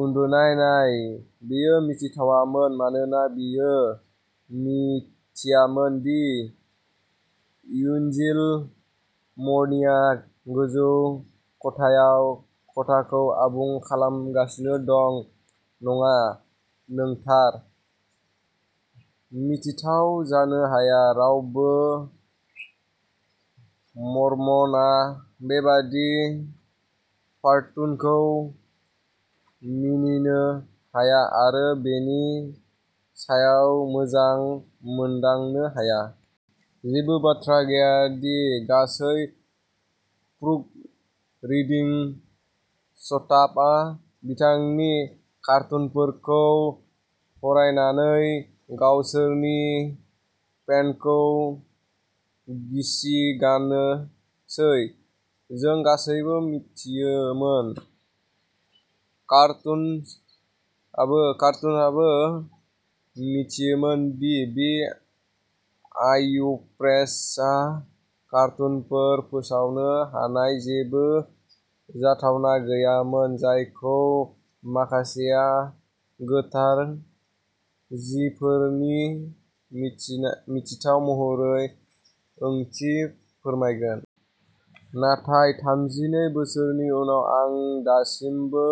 उन्दुनाय, नाय बेयो मिनिथावमोन मानोना बियो मिथियामोन दि एन्जेल मर'नीआ गोजौ खथायाव खथाखौ आबुं खालामगासिनो दं नङा। नों थार। मिनिथाव जानो हाया। रावबो मरमनआ बेबादि कार्टुनखौ मिनिनो हाया आरो बेनि सायाव मोजां मोनदांनो हाया। जेबो बाथ्रा गैया दि गासै प्रुफरिडिं स्टाफआ बिथांनि कार्टुनफोरखौ फरायनानै गावसोरनि पेन्टखौ गिसिगानोसै। जों गासैबो मिथियोमोन कार्टुनिस्टआबो मिथियोमोन दि बि अवाइ इउ प्रेसआ कार्टुनफोर फोसावनो हानाय जेबो जाथावना गैयामोन जायखौ माखासेया गोथार जिनिसफोरनि मिनिथाव महरै ओंथि फोरमायगोन। नाथाय थामजिनै बोसोरनि उनाव, आं दासिमबो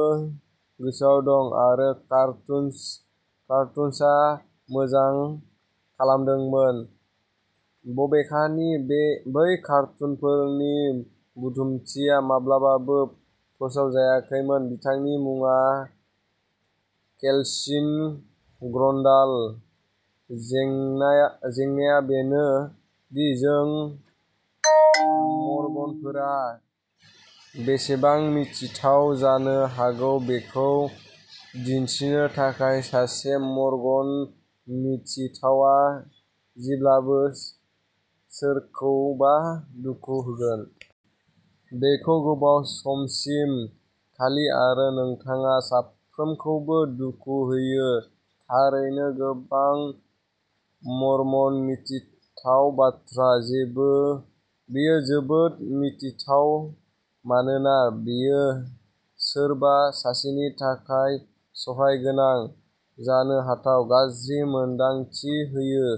गोसोआव दं। आरो कार्टुनिस्टआ मोजां खालामदोंमोन, बबेखानि बै कार्टुनफोरनि बुथुमथिया माब्लाबाबो फोसावजायाखैमोन। बिथांनि मुङा केल्विन ग्रन्डाल। जेंनाआ बेनो दि जों मरमनफोरा बेसेबां मिनिथाव जानो हागौ बेखौ दिन्थिनो थाखाय, सासे मरमन मिनिथावआ जेब्लाबो सोरखौबा दुखु होगोन। बेखौ गोबाव समसिम लाखि, आरो नोंथाङा साफ्रोमखौबो दुखु होयो। थारैनो, गोबां मरमन मिनिथाव बाथ्रा। बेयो जोबोद मिनिथाव मानोना बेयो सोरबा सासेनि थाखाय साहसगोनां, जानो हाथाव, गाज्रि मोन्दांथि होयो।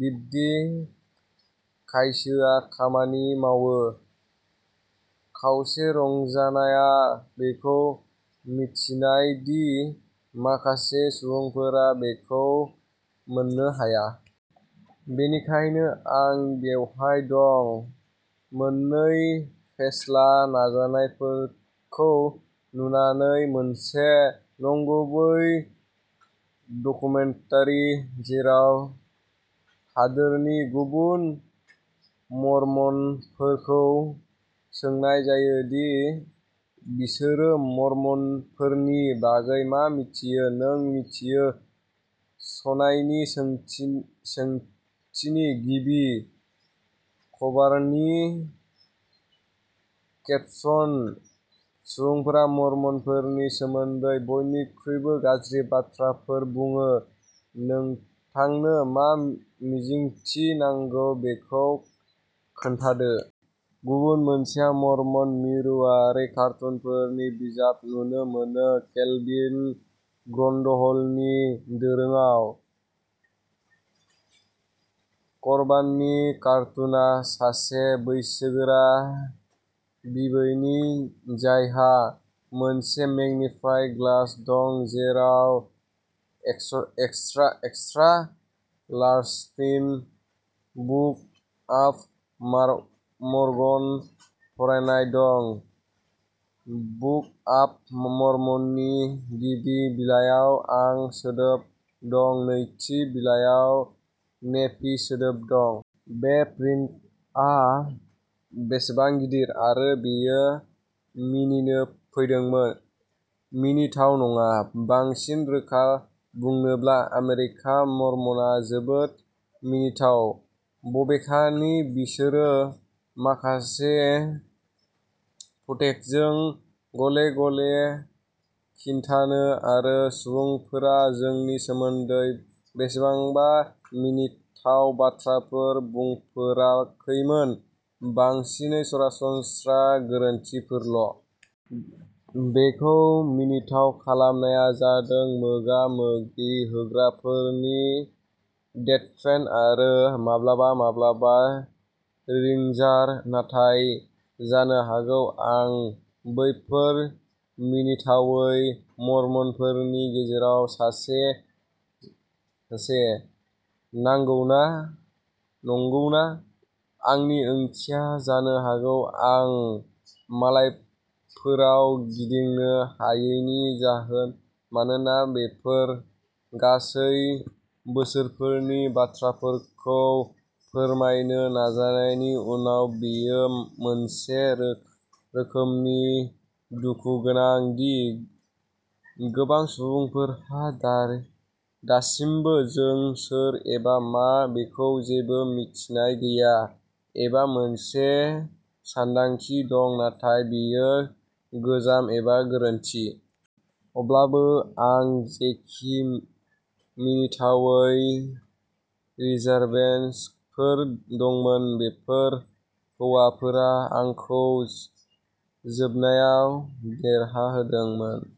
बिदि खायसोआ खामानि मावो। खावसे रंजानायआ बेखौ मिन्थिनाय दि माखासे सुबुंफोरा बेखौ मोननो हाया। बेनिखायनो आं बेवहाय दं, मोननै फेस्ला नाजानायफोरखौ नुनानै मोनसे नंगुबै डकुमेन्टारि जेराव हादोरनि गुबुन मर्मनफोरखौ सोंनाय जायो दि बिसोरो मर्मनफोरनि बागै मा मिथियो नों मिथियो, सनानि सोंथिनि गिबि। कभारनि केपसन सुबुंफोरा मर्मनफोरनि सोमोन्दै बयनिख्रुइबो गाज्रि बाथ्राफोर बुङो नोंथांनो मा मिजिंथि नांगौ बेखौ खोन्थादों। गुबुन मोनसेआ मर्मन मिरुआरि कार्टुनफोरनि बिजाब, नुनो मोनो केलभिन ग्रन्डहलनि दोरोंआव। कभारनि कार्टुनआ सासे बैसोगोरा बिबौनि, जायहा मोनसे मेग्निफाइं ग्लास दं, जेराव extra large print book of Mormon फरायनाय दं। बुक अफ मर्मननि गिबि बिलायाव आं सोदोब दं नैथि बिलायाव, नेफि सोदोब दं। बे प्रिन्टआ बेसेबां गिदिर। आरो बेयो मिनिनो फैदोंमोन मिनिथाव नङा। बांसिन रोखा बुंनोब्ला आमेरिकान मर्मनआ जोबोद मिनिथाव, बबेखानि बिसोरो माखासे फुटेजखौ गले-गले खिन्थायो आरो सुबुंफोरा जोंनि सोमोन्दै एसेबां मिनिथाव बाथ्राफोर बुंफेराखैमोन बांसिनै सरासनस्रा गोरोन्थिफोरल'। बेखौ मिनिथाव खालामनाया जादों मोगा-मोगि होग्राफोरनि डेडपेन, आरो माब्लाबा-माब्लाबा जिंजार। नाथाय जानो हागौ आं बैफोर मिनिथावै मर्मनफोरनि गेजेराव सासे, नंगौना? आंनि ओंथिया जानो हागौ, आं लामाफोराव गिदिंनो हायैनि जाहोन मानोना बेफोर गासै बोसोरफोरनि बाथ्राफोरखौ फोरमायनो नाजानायनि उनाव, बेयो मोनसे रोखोमनि दुखु गोनां दि गोबां सुबुंफोरहा दासिमबो जों सोर एबा मा बेखौ जेबो मिन्थिनाय गैया, एबा मोनसे सानदांथि दं नाथाय बेयो गोजाम एबा गोरोन्थि। अब्लाबो आं जेखि मिनिथावै रिजार्भेशनफोर दंमोन, बेफोर हौवाफोरा आंखौ जोबनायाव देरहादोंमोन।